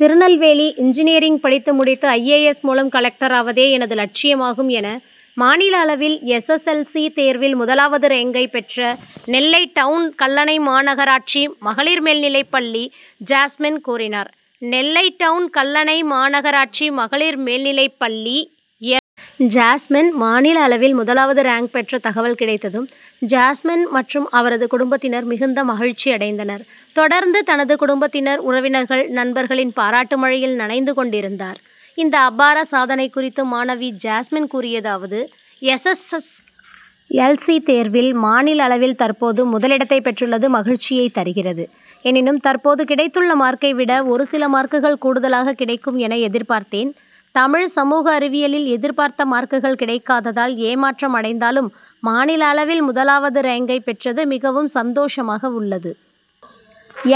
Tirunelveli engineering படித்து முடித்து I. A. S மூலம் கலெக்டராவதே எனது லட்சியமாகும் என மாநில அளவில் எஸ். எஸ். எல். சி தேர்வில் முதலாவது ரேங்க்கை பெற்ற நெல்லை டவுன் கல்லணை மாநகராட்சி மகளிர் மேல்நிலைப் பள்ளி ஜாஸ்மின் கூறினார். நெல்லை டவுன் கல்லணை மாநகராட்சி மகளிர் மேல்நிலைப் பள்ளி எஸ். ஜாஸ்மின். மாநில அளவில் முதலாவது ரேங்க் பெற்ற தகவல் கிடைத்ததும் ஜாஸ்மின் மற்றும் அவரது குடும்பத்தினர் மிகுந்த மகிழ்ச்சி அடைந்தனர். தொடர்ந்து தனது குடும்பத்தினர், உறவினர்கள், நண்பர்களின் பாராட்டு மழையில் நனைந்து கொண்டிருந்தார். இந்த அபார சாதனை குறித்து மாணவி ஜாஸ்மின் கூறியதாவது எஸ். எஸ். எல். சி தேர்வில் மாநில அளவில் தற்போது முதல் இடத்தை பெற்றுள்ளது மகிழ்ச்சியை தருகிறது. எனினும், தற்போது கிடைத்துள்ள மார்க்கை விட ஒரு சில மார்க்குகள் கூடுதலாக கிடைக்கும் என எதிர்பார்த்தேன். தமிழ், சமூக அறிவியலில் எதிர்பார்த்த மார்க்குகள் கிடைக்காததால் ஏமாற்றம் அடைந்தாலும் மாநில அளவில் முதலாவது ரேங்கை பெற்றது மிகவும் சந்தோஷமாக உள்ளது.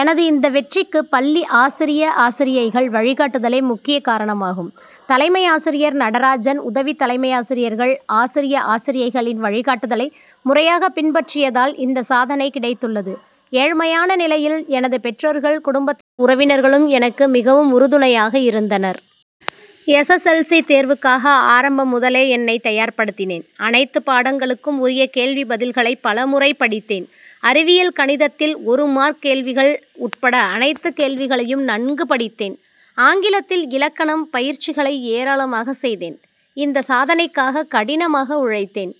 எனது இந்த வெற்றிக்கு பள்ளி ஆசிரிய, ஆசிரியைகள் வழிகாட்டுதலே முக்கிய காரணமாகும். தலைமை ஆசிரியர் நடராஜன், உதவி தலைமை ஆசிரியர்கள், ஆசிரிய, ஆசிரியைகளின் வழிகாட்டுதலை முறையாக பின்பற்றியதால் இந்த சாதனை கிடைத்துள்ளது. ஏழ்மையான நிலையில் எனது பெற்றோர்கள், குடும்பத் உறவினர்களும் எனக்கு மிகவும் உறுதுணையாக இருந்தனர். எஸ். எஸ். எல். சி தேர்வுக்காக ஆரம்பம் முதலே என்னை தயார்படுத்தினேன். அனைத்து பாடங்களுக்கும் உரிய கேள்வி பதில்களை பல முறை படித்தேன். அறிவியல், கணிதத்தில் ஒரு மார்க் கேள்விகள் உட்பட அனைத்து கேள்விகளையும் நன்கு படித்தேன். ஆங்கிலத்தில் இலக்கணம், பயிற்சிகளை ஏராளமாக செய்தேன். இந்த சாதனைக்காக கடினமாக உழைத்தேன்.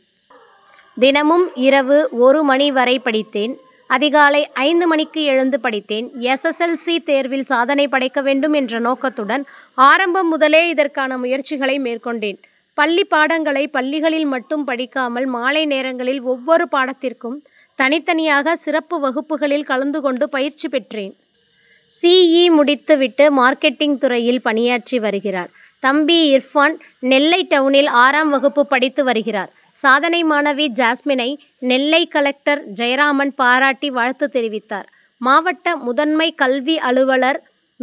தினமும் இரவு ஒரு மணி வரை படித்தேன். அதிகாலை ஐந்து மணிக்கு எழுந்து படித்தேன். எஸ். எஸ். எல். சி தேர்வில் சாதனை படைக்க வேண்டும் என்ற நோக்கத்துடன் ஆரம்பம் முதலே இதற்கான முயற்சிகளை மேற்கொண்டேன். பள்ளி பாடங்களை பள்ளிகளில் மட்டும் படிக்காமல் மாலை நேரங்களில் ஒவ்வொரு பாடத்திற்கும் தனித்தனியாக சிறப்பு வகுப்புகளில் கலந்து கொண்டு பயிற்சி பெற்றேன். சி. இ முடித்து விட்டு மார்க்கெட்டிங் துறையில் பணியாற்றி வருகிறார். தம்பி இர்பான் நெல்லை டவுனில் ஆறாம் வகுப்பு படித்து வருகிறார். சாதனை மாணவி ஜாஸ்மினை, நெல்லை கலெக்டர் ஜெயராமன் பாராட்டி வாழ்த்து தெரிவித்தார். மாவட்ட முதன்மை கல்வி அலுவலர்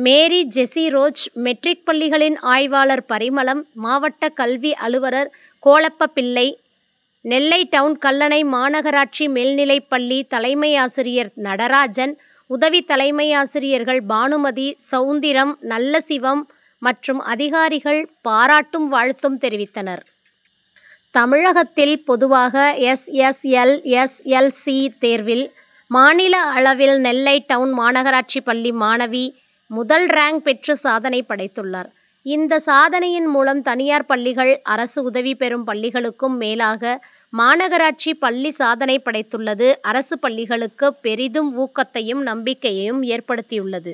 மேரிஜெசிரோச், மெட்ரிக் பள்ளிகளின் ஆய்வாளர் பரிமளம், மாவட்ட கல்வி அலுவலர் கோலப்ப பிள்ளை, நெல்லை டவுன் கல்லணை மாநகராட்சி மேல்நிலைப் பள்ளி தலைமை ஆசிரியர் நடராஜன், உதவி தலைமை ஆசிரியர்கள் பானுமதி, சவுந்திரம், நல்லசிவம் மற்றும் அதிகாரிகள் பாராட்டும், வாழ்த்தும் தெரிவித்தனர். தமிழகத்தில் பொதுவாக S. S. L. S. L. C தேர்வில் மாநில அளவில் நெல்லை டவுன் மாநகராட்சி பள்ளி மாணவி முதல் ரேங்க் பெற்று சாதனை படைத்துள்ளார். இந்த சாதனையின் மூலம் தனியார் பள்ளிகள், அரசு உதவி பெறும் பள்ளிகளுக்கும் மேலாக மாநகராட்சி பள்ளி சாதனை படைத்துள்ளது அரசு பள்ளிகளுக்கு பெரிதும் ஊக்கத்தையும், நம்பிக்கையையும் ஏற்படுத்தியுள்ளது.